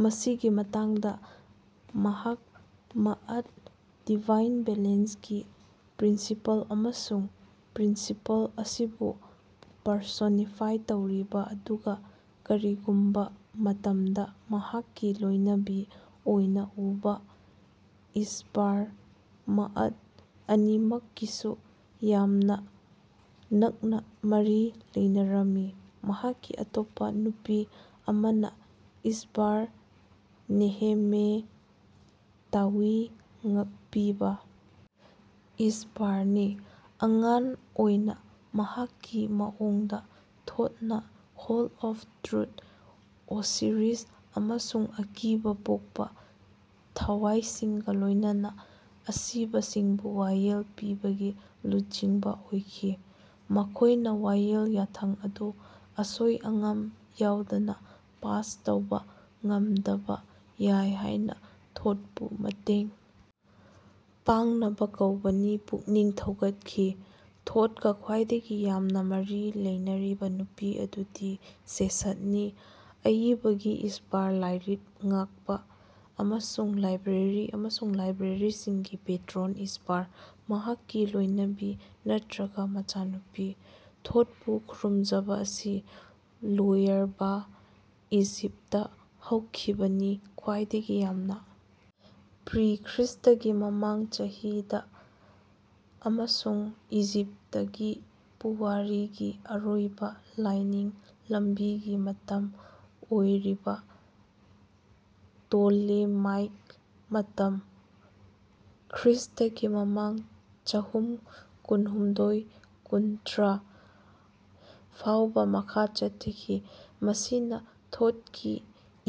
ꯃꯁꯤꯒꯤ ꯃꯇꯥꯡꯗ ꯃꯍꯥꯛ ꯃꯥꯑꯥꯠ (ꯗꯤꯚꯥꯏꯟ ꯕꯦꯂꯦꯟꯁ)ꯒꯤ ꯄ꯭ꯔꯤꯟꯁꯤꯄꯜ ꯑꯃꯁꯨꯡ ꯄ꯭ꯔꯤꯟꯁꯤꯄꯜ ꯑꯁꯤꯕꯨ ꯄꯔꯁꯣꯅꯤꯐꯥꯏ ꯇꯧꯔꯤꯕꯥ ꯑꯗꯨꯒꯥ ꯀꯔꯤꯒꯨꯝꯕꯥ ꯃꯇꯃꯗꯥ ꯃꯍꯥꯛꯀꯤ ꯂꯣꯏꯅꯕꯤ ꯑꯣꯏꯅꯥ ꯎꯕ ꯏꯁꯕꯔ ꯃꯥꯑꯥꯠ ꯑꯅꯤꯃꯛꯀꯥꯁꯨ ꯌꯥꯝꯅꯥ ꯅꯛꯅꯥ ꯃꯔꯤ ꯂꯩꯅꯔꯝꯃꯤ꯫ ꯃꯍꯥꯛꯀꯤ ꯑꯇꯣꯞꯄꯥ ꯅꯨꯄꯤ ꯑꯃꯅꯥ ꯏꯁꯕꯔ ꯅꯦꯍꯦꯃꯦꯇꯥꯋꯤ ꯉꯥꯛꯄꯤꯕꯥ ꯏꯁꯕꯔꯅꯤ꯫ꯑꯉꯥꯟ ꯑꯣꯏꯅꯥ ꯃꯍꯥꯛꯀꯤ ꯃꯑꯣꯡꯗꯥ ꯊꯣꯊꯅꯥ ꯍꯣꯜ ꯑꯣꯐ ꯇ꯭ꯔꯨꯊ ꯑꯣꯁꯤꯔꯤꯁ ꯑꯃꯁꯨꯡ ꯑꯀꯤꯕꯥ ꯄꯣꯛꯄꯥ ꯊꯋꯥꯏꯁꯤꯡꯒꯥ ꯂꯣꯏꯅꯅꯥ ꯑꯁꯤꯕꯁꯤꯡꯕꯨ ꯋꯥꯌꯦꯜ ꯄꯤꯕꯒꯤ ꯂꯨꯆꯤꯡꯕꯥ ꯑꯣꯏꯈꯤ꯫ ꯃꯈꯣꯏꯅꯥ ꯋꯥꯌꯦꯜ ꯌꯥꯊꯪ ꯑꯗꯨ ꯑꯁꯣꯏ ꯑꯉꯥꯝ ꯌꯥꯎꯗꯅꯥ ꯄꯥꯁ ꯇꯧꯕꯥ ꯉꯃꯗꯕꯥ ꯌꯥꯏ ꯍꯥꯌꯅꯥ ꯊꯣꯊꯄꯨ ꯃꯇꯦꯡ ꯄꯥꯡꯅꯕꯥ ꯀꯧꯅꯕꯥ ꯄꯨꯛꯅꯤꯡ ꯊꯧꯒꯠꯈꯤ꯫ꯊꯣꯊꯀꯥ ꯈ꯭ꯋꯥꯏꯗꯒꯤ ꯌꯥꯝꯅꯥ ꯃꯔꯤ ꯂꯩꯅꯔꯤꯕꯥ ꯅꯨꯄꯤ ꯑꯗꯨꯗꯤ ꯁꯦꯁꯥꯠꯅꯤ, ꯑꯏꯕꯒꯤ ꯏꯁꯕꯔ, ꯂꯥꯏꯔꯤꯛ ꯉꯥꯛꯄꯥ, ꯑꯃꯁꯨꯡ ꯂꯥꯏꯕ꯭ꯔꯦꯔꯤ ꯑꯃꯁꯨꯡ ꯂꯥꯏꯕ꯭ꯔꯦꯔꯤꯁꯤꯡꯒꯤ ꯄꯦꯇ꯭ꯔꯣꯟ ꯏꯁꯕꯔ, ꯃꯍꯥꯛꯀꯤ ꯂꯣꯌꯅꯕꯤ ꯅꯠꯔꯒꯥ ꯃꯆꯥꯅꯨꯄꯤ꯫ ꯊꯣꯊꯄꯨ ꯈꯨꯔꯨꯃꯖꯕꯥ ꯑꯁꯤ ꯂꯣꯌꯔꯕꯥ ꯏꯖꯤꯞꯇꯇꯥ ꯍꯧꯈꯤꯕꯅꯤ ꯈ꯭ꯋꯥꯏꯗꯒꯤ ꯌꯥꯝꯅꯥ ꯄ꯭ꯔꯤ ꯈ꯭ꯔꯤꯁꯇꯒꯤ ꯃꯃꯥꯡ ꯆꯍꯤ ꯗꯥ ꯑꯃꯁꯨꯡ ꯏꯖꯤꯞꯇꯀꯤ ꯄꯨꯋꯥꯔꯤꯒꯤ ꯑꯔꯣꯏꯕꯥ ꯂꯥꯏꯅꯤꯡ ꯂꯝꯕꯤꯒꯤ ꯃꯇꯝ ꯑꯣꯏꯔꯤꯕꯥ ꯇꯣꯂꯦꯃꯥꯏꯛ ꯃꯇꯝ (ꯈ꯭ꯔꯤꯁꯇꯒꯤ ꯃꯃꯥꯡ ꯆꯥꯍꯨꯝ ꯀꯨꯟꯍꯨꯝꯗꯣꯏ - ꯀꯨꯟꯊ꯭ꯔꯥ) ꯐꯥꯑꯣꯕꯥ ꯃꯈꯥ ꯆꯠꯊꯈꯤ, ꯃꯁꯤꯅꯥ ꯊꯣꯊꯀꯤ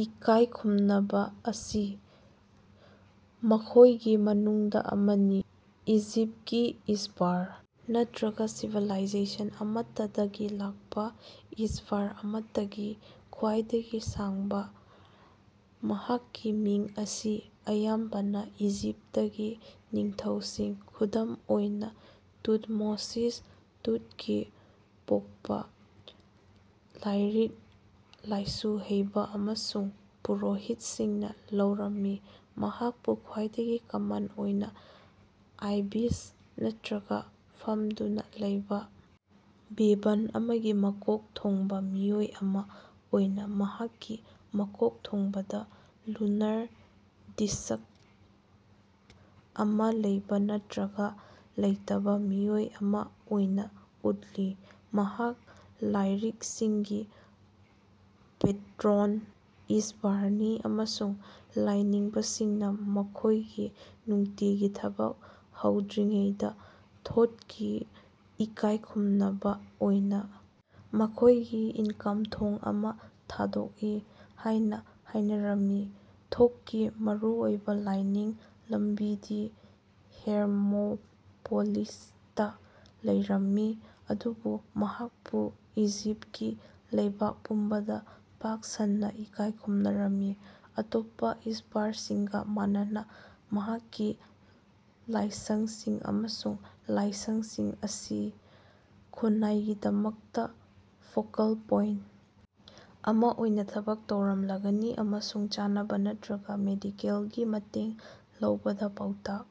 ꯏꯀꯥꯌꯈꯨꯃꯅꯕꯥ ꯑꯁꯤ ꯃꯈꯣꯌꯒꯤ ꯃꯅꯨꯡꯗꯥ ꯑꯃꯅꯤ꯫ ꯏꯖꯤꯞꯇꯀꯤ ꯏꯁꯕꯔ ꯅꯠꯔꯒꯥ ꯁꯤꯚꯤꯂꯥꯏꯖꯦꯁꯟ ꯑꯃꯠꯇꯗꯒꯤ ꯂꯥꯛꯄꯥ ꯏꯁꯕꯔ ꯑꯃꯠꯇꯒꯤ ꯈ꯭ꯋꯥꯏꯗꯒꯤ ꯁꯥꯡꯕꯥ꯫ ꯃꯍꯥꯛꯀꯤ ꯃꯤꯡ ꯑꯁꯤ ꯑꯌꯥꯝꯕꯅꯥ ꯏꯖꯤꯞꯇꯀꯤ ꯅꯤꯡꯊꯧꯁꯤꯡ (ꯈꯨꯗꯝ ꯑꯣꯏꯅꯥ, ꯇꯨꯊꯃꯣꯁꯤꯁ "ꯊꯣꯊꯀꯤ ꯄꯣꯛꯄꯥ"), ꯂꯥꯏꯔꯤꯛ ꯂꯥꯏꯁꯨ ꯍꯩꯕꯥ ꯑꯃꯁꯨꯡ ꯄꯨꯔꯣꯍꯤꯠꯁꯤꯡꯅꯥ ꯂꯧꯔꯝꯃꯤ꯫ ꯃꯍꯥꯛꯄꯨ ꯈ꯭ꯋꯥꯏꯗꯒꯤ ꯀꯃꯟ ꯑꯣꯏꯅꯥ ꯑꯥꯏꯕꯤꯁ ꯅꯠꯇ꯭ꯔꯒ ꯐꯃꯗꯨꯅꯥ ꯂꯩꯕꯥ ꯕꯦꯕꯟ ꯑꯃꯒꯤ ꯃꯀꯣꯛ ꯊꯣꯡꯕꯥ ꯃꯤꯑꯣꯏ ꯑꯃꯥ ꯑꯣꯏꯅ ꯃꯍꯥꯛꯀꯤ ꯃꯀꯣꯛꯊꯣꯡꯕꯗꯥ ꯂꯨꯅꯥꯔ ꯗꯤꯁꯛ ꯑꯃꯥ ꯂꯩꯕꯥ ꯅꯠꯇ꯭ꯔꯒ ꯂꯩꯇꯕꯥ ꯃꯤꯑꯣꯏ ꯑꯃꯥ ꯑꯣꯏꯅꯥ ꯎꯠꯂꯤ꯫ ꯃꯍꯥꯛ ꯂꯥꯏꯔꯤꯛꯁꯤꯡꯒꯤ ꯄꯦꯇ꯭ꯔꯣꯟ ꯏꯁꯕꯔꯅꯤ ꯑꯃꯁꯨꯡ ꯂꯥꯏꯅꯤꯡꯕꯁꯤꯡꯅꯥ ꯃꯈꯣꯏꯒꯤ ꯅꯨꯡꯇꯤꯒꯤ ꯊꯕꯛ ꯍꯧꯗ꯭ꯔꯤꯉꯩꯗꯥ ꯊꯣꯊꯀꯤ ꯏꯀꯥꯌ ꯈꯨꯝꯅꯕꯥ ꯑꯣꯏꯅꯥ ꯃꯈꯣꯌꯒꯤ ꯏꯅꯀꯝ ꯊꯣꯡ ꯑꯃ ꯊꯥꯗꯣꯛꯏ ꯍꯥꯌꯅꯥ ꯍꯥꯌꯅꯔꯝꯃꯤ꯫ ꯊꯣꯊꯀꯤ ꯃꯔꯨꯑꯣꯏꯕꯥ ꯂꯥꯏꯅꯤꯡ ꯂꯝꯕꯤꯗꯤ ꯍꯦꯔꯃꯣꯄꯣꯂꯤꯁꯇꯥ ꯂꯩꯔꯝꯃꯤ ꯑꯗꯨꯕꯨ ꯃꯍꯥꯛꯄꯨ ꯏꯖꯤꯞꯇꯀꯤ ꯂꯩꯕꯥꯛ ꯄꯨꯝꯕꯗꯥ ꯄꯥꯛ ꯁꯟꯅꯥ ꯏꯀꯥꯏ ꯈꯨꯝꯅꯖꯔꯝꯃꯤ꯫ ꯑꯇꯣꯞꯄꯥ ꯏꯁꯕꯔꯁꯤꯡꯒꯥ ꯃꯥꯟꯅꯅꯥ, ꯃꯍꯥꯛꯀꯤ ꯂꯥꯏꯁꯉꯁꯤꯡ ꯑꯃꯁꯨꯡ ꯂꯥꯏꯁꯉꯁꯤꯡ ꯑꯁꯤ ꯈꯨꯟꯅꯥꯏꯒꯤꯗꯃꯛꯇꯥ ꯐꯣꯀꯜ ꯄꯣꯏꯟꯇ ꯑꯃꯥ ꯑꯣꯏꯅꯥ ꯊꯕꯛ ꯇꯧꯔꯝꯂꯒꯅꯤ ꯑꯃꯁꯨꯡ ꯆꯥꯅꯕꯥ ꯅꯠꯔꯒꯥ ꯃꯦꯗꯤꯀꯦꯂꯒꯤ ꯃꯇꯦꯡ ꯂꯧꯕꯗꯥ ꯄꯥꯎꯇꯥꯛ,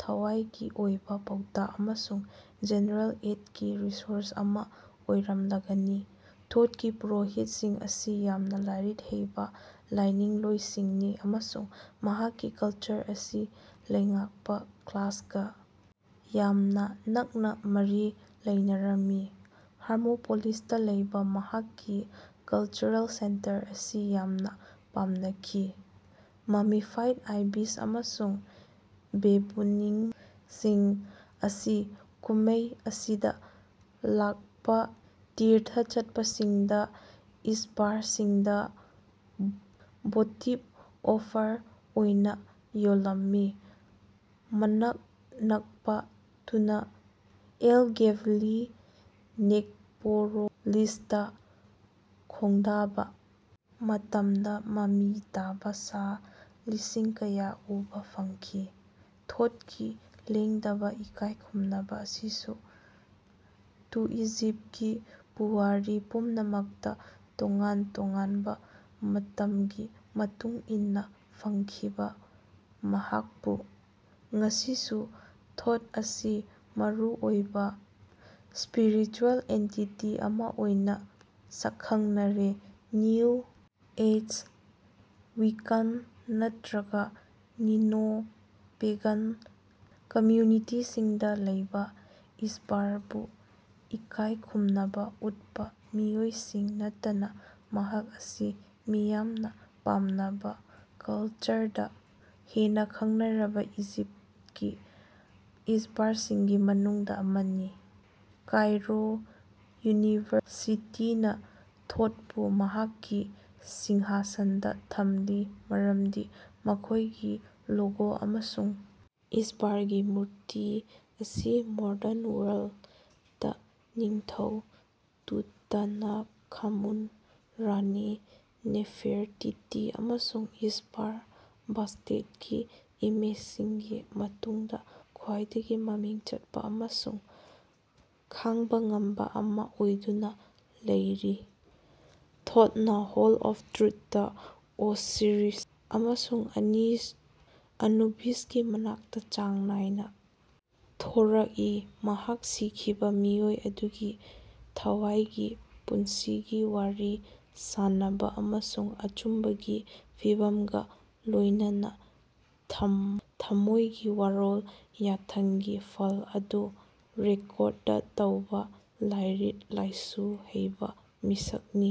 ꯊꯋꯥꯌꯒꯤ ꯑꯣꯏꯕꯥ ꯄꯥꯎꯇꯥꯛ ꯑꯃꯁꯨꯡ ꯖꯦꯅꯔꯦꯜ ꯑꯦꯗꯀꯤ ꯔꯤꯁꯣꯔꯁ ꯑꯃꯥ ꯑꯣꯏꯔꯝꯂꯒꯅꯤ꯫ ꯊꯣꯊꯀꯤ ꯄꯨꯔꯣꯍꯤꯠꯁꯤꯡ ꯑꯁꯤ ꯌꯥꯝꯅꯥ ꯂꯥꯏꯔꯤꯛ ꯍꯩꯕꯥ ꯂꯥꯏꯅꯤꯡꯂꯣꯌꯁꯤꯡꯅꯤ ꯑꯃꯁꯨꯡ ꯃꯍꯥꯛꯀꯤ ꯀꯂꯆꯔ ꯑꯁꯤ ꯂꯩꯉꯥꯛꯄꯥ ꯀ꯭ꯂꯥꯁꯀꯥ ꯌꯥꯝꯅꯥ ꯅꯛꯅꯥ ꯃꯔꯤ ꯂꯩꯅꯔꯝꯃꯤ꯫ ꯍꯔꯃꯣꯄꯣꯂꯤꯁꯇꯥ ꯂꯩꯕꯥ ꯃꯍꯥꯛꯀꯤ ꯀꯂꯆꯔꯦꯜ ꯁꯦꯟꯇꯔ ꯑꯁꯤ ꯌꯥꯝꯅꯥ ꯄꯥꯝꯅꯈꯤ꯫ ꯃꯃꯤꯐꯥꯏꯗ ꯑꯥꯏꯕꯤꯁ ꯑꯃꯁꯨꯡ ꯕꯦꯕꯨꯅꯁꯤꯡ ꯑꯁꯤ ꯀꯨꯝꯃꯩ ꯑꯁꯤꯗꯥ ꯂꯥꯀꯄꯥ ꯇꯤꯔꯊ ꯆꯠꯄꯁꯤꯡꯗꯥ ꯏꯁꯕꯔꯁꯤꯡꯗꯥ ꯚꯣꯇꯤꯕ ꯑꯣꯐꯔ ꯑꯣꯏꯅꯥ ꯌꯣꯜꯂꯝꯃꯤ꯫ ꯃꯅꯥꯛ ꯅꯀꯄꯥ ꯇꯨꯅꯥ ꯑꯦꯜ-ꯒꯦꯕꯦꯂꯒꯤ ꯅꯦꯛꯄꯣꯔꯣꯂꯤꯁꯇꯥ ꯈꯣꯡꯗꯥꯕꯥ ꯃꯇꯃꯗꯥ ꯃꯃꯤ ꯇꯥꯕꯥ ꯁꯥ ꯂꯤꯁꯤꯡ ꯀꯌꯥ ꯎꯕꯥ ꯐꯪꯈꯤ꯫ ꯊꯣꯊꯀꯤ ꯂꯦꯡꯗꯕꯥ ꯏꯀꯥꯏ ꯈꯨꯝꯅꯕꯥ ꯑꯁꯤꯁꯨ ꯇꯨꯏꯖꯤꯞꯇꯀꯤ ꯄꯨꯋꯥꯔꯤ ꯄꯨꯝꯅꯃꯛꯇꯥ ꯇꯣꯉꯥꯟ ꯇꯣꯉꯥꯅꯕꯥ ꯃꯇꯃꯒꯤ ꯃꯇꯨꯡ ꯏꯟꯅꯥ ꯐꯪꯈꯤꯕꯥ ꯃꯍꯥꯀꯄꯨ꯫ ꯉꯁꯤꯁꯨ ꯊꯣꯠ ꯑꯁꯤ ꯃꯔꯨꯑꯣꯏꯕꯥ ꯁ꯭ꯄꯤꯔꯤꯆꯨꯑꯦꯜ ꯑꯦꯟꯇꯤꯇꯤ ꯑꯃꯥ ꯑꯣꯏꯅꯥ ꯁꯀꯈꯉꯅꯔꯦ꯫ ꯅ꯭ꯌꯨ ꯑꯦꯖ, ꯋꯤꯀꯥꯟ ꯅꯠꯔꯒꯥ ꯅꯤꯑꯣ-ꯄꯦꯒꯥꯟ ꯀꯝꯌꯨꯅꯤꯇꯤꯁꯤꯡꯗꯥ ꯂꯩꯕꯥ ꯏꯁꯕꯔꯕꯨ ꯏꯀꯥꯌ ꯈꯨꯝꯅꯕꯥ ꯎꯠꯄꯥ ꯃꯤꯑꯣꯏꯁꯤꯡ ꯅꯠꯇꯅꯥ ꯃꯍꯥꯛ ꯑꯁꯤ ꯃꯤꯌꯥꯝꯅꯥ ꯄꯥꯝꯅꯕꯥ ꯀꯂꯆꯔꯗꯥ ꯍꯦꯟꯅꯥ ꯈꯉꯅꯔꯕꯥ ꯏꯖꯤꯞꯇꯀꯤ ꯏꯁꯕꯔꯁꯤꯡꯒꯤ ꯃꯅꯨꯡꯗꯥ ꯑꯃꯅꯤ꯫ ꯀꯥꯏꯔꯣ ꯌꯨꯅꯤꯚꯔꯁꯤꯇꯤꯅꯥ ꯊꯣꯊꯄꯨ ꯃꯍꯥꯛꯀꯤ ꯁꯤꯡꯍꯥꯁꯟꯗꯥ ꯊꯝꯂꯤ ꯃꯔꯃꯗꯤ ꯃꯈꯣꯌꯒꯤ ꯂꯣꯒꯣ ꯑꯃꯁꯨꯡ ꯏꯁꯕꯔꯒꯤ ꯃꯨꯔꯇꯤ ꯑꯁꯤ ꯃꯣꯗꯔꯟ ꯋꯥꯔꯜꯗꯇꯥ ꯅꯤꯡꯊꯧ ꯇꯨꯇꯥꯅꯈꯥꯃꯨꯟ, ꯔꯥꯅꯤ ꯅꯦꯐꯦꯔꯇꯤꯇꯤ ꯑꯃꯁꯨꯡ ꯏꯁꯕꯔ ꯕꯥꯁꯇꯦꯠꯀꯤ ꯏꯃꯦꯖꯁꯤꯡꯒꯤ ꯃꯇꯨꯡꯗꯥ ꯈ꯭ꯋꯥꯏꯗꯒꯤ ꯃꯃꯤꯡ ꯆꯠꯄꯥ ꯑꯃꯁꯨꯡ ꯈꯉꯕꯥ ꯉꯝꯕꯥ ꯑꯃꯥ ꯑꯣꯏꯗꯨꯅꯥ ꯂꯩꯔꯤ꯫ ꯊꯣꯊꯅꯥ ꯍꯣꯜ ꯑꯣꯐ ꯇ꯭ꯔꯨꯊꯇꯥ ꯑꯣꯁꯤꯔꯤꯁ ꯑꯃꯁꯨꯡ ꯑꯅꯤꯁ ꯑꯅꯨꯕꯤꯁꯀꯤ ꯃꯅꯥꯛꯇ ꯆꯥꯡ ꯅꯥꯏꯅ ꯊꯣꯔꯛꯏ, ꯃꯍꯥꯛ ꯁꯤꯈꯤꯕꯥ ꯃꯤꯑꯣꯏ ꯑꯗꯨꯒꯤ ꯊꯋꯥꯌꯒꯤ ꯄꯨꯟꯁꯤꯒꯤ ꯋꯥꯔꯤ ꯁꯥꯅꯕ ꯑꯃꯁꯨꯡ ꯑꯆꯨꯝꯕꯒꯤ ꯐꯤꯕꯝꯒꯥ ꯂꯣꯌꯅꯅꯥ ꯊꯝꯃꯣꯌꯒꯤ ꯋꯥꯌꯦꯜ ꯌꯥꯊꯪꯒꯤ ꯐꯜ ꯑꯗꯨ ꯔꯦꯀꯣꯔꯗ ꯇꯧꯕꯥ ꯂꯥꯏꯔꯤꯛ ꯂꯥꯏꯁꯨ ꯍꯩꯕꯥ ꯃꯤꯁꯛ ꯅꯤ꯫